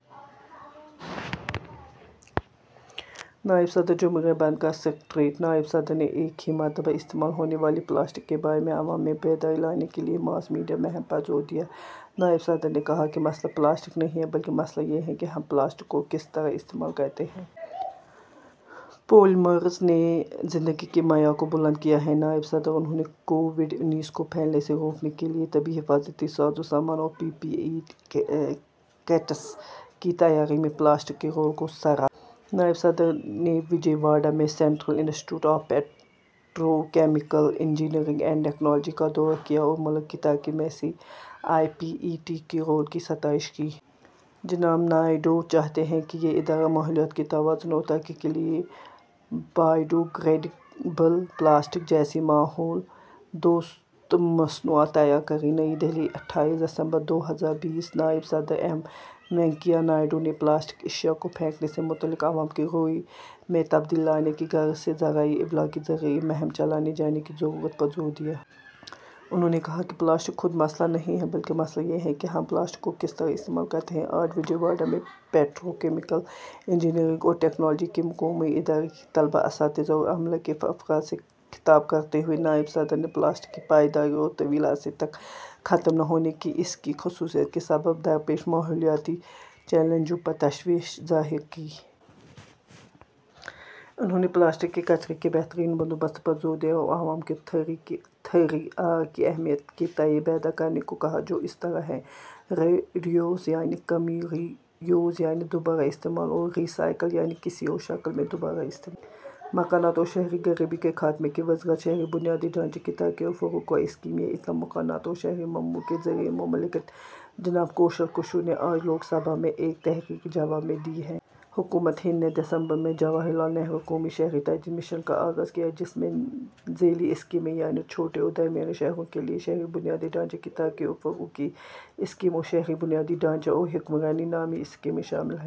نائب صدر جمہوریہ ہند کا سکریٹریٹ نائب صدر نے ایک ہی مرتبہ استعمال ہونے والی پلاسٹک کے بارے میں عوام میں بیداری لانے کے لیے ماس میڈیا مہم پر زور دیا۔ نائب صدر نے کہا کہ مسئلہ پلاسٹک نہیں ہے بلکہ مسئلہ یہ ہے کہ ہم پلاسٹک کو کس طرح استعمال کرتے ہیں۔ پولیمرز نے زندگی کے معیار کو بلند کیا ہے: نائب صدر۔ انھوں نے کووڈ انیس کو پھیلنے سے روکنے کے لیے طبی حفاظتی سازوسامان اور پی پی ای کٹس کی تیاری میں پلاسٹک کے رول کو سراہا۔ نائب صدر نے وجے واڑہ میں central institute of petrochemical engineering and technology کا دورہ کیا اور ملک کی ترقی میں C I P E T کے رول کی ستائش کی۔ جناب نائیڈو چاہتے ہیں کہ یہ ادارہ ماحولیات کے توازن اور ترقی کے لیے بایوڈی گریڈیبل پلاسٹک جیسی ماحول دوست مصنوعات تیار کرے۔ نئی دہلی، اٹھائیس دسمبر دو ہزار بیس: نائب صدر ایم وینکیا نائیڈو نے پلاسٹک اشیا کو پھینکنے سے متعلق عوام کے رویے میں تبدیلی لانے کی غرض سے ذرائع ابلاغ کے ذریعے مہم چلائے جانے کی ضرورت پر زور دیا۔ انھوں نے کہا کہ پلاسٹک خود مسئلہ نہیں ہے بلکہ مسئلہ یہ ہے کہ ہم پلاسٹک کو کس طرح استعمال کرتے ہیں۔ آج وجے واڑہ میں پیٹروکیمیکل انجینئرنگ اور ٹیکنالوجی کے قومی ادارے کے طلبا، اساتذہ اور عملے کے افراد سے خطاب کرتے ہوئے نائب صدر نے پلاسٹک کی پائیداری اور طویل عرصے تک ختم نہ ہونے کی اس کی خصوصیت کے سبب درپیش ماحولیاتی چیلنجوں پر تشویش ظاہر کی۔ انھوں نے پلاسٹک کے کچرے کے بہترین بندوبست پر زور دیا اور عوام کو تھری آر کی اہمیت کے تئیں بیدار کرنے کو کہا، جو اس طرح ہیں: ریڈیوس یعنی کمی، ری یوز یعنی دوبارہ استعمال اور ری سائیکل یعنی کسی اور شکل میں دوبارہ استعمال۔ مکانات اور شہری غریبی کے خاتمے کی وزارت شہری بنیادی ڈھانچے کی ترقی اور فروغ کی اسکیم۔ یہ اطلاع مکانات اور شہری امور کے وزیر مملکت جناب کوشل کشور نے آج لوک سبھا میں ایک تحریری جواب میں دی ہے۔ حکومت ہند نے دسمبر میں جواہر لال نہرو قومی شہری تجدید مشن کا آغاز کیا، جس میں ذیلی اسکیمیں یعنی چھوٹے اور درمیانے شہروں کے لیے شہری بنیادی ڈھانچے کی ترقی اور فروغ کی اسکیم اور شہری بنیادی ڈھانچہ اور حکمرانی نامی اسکیمیں شامل ہیں۔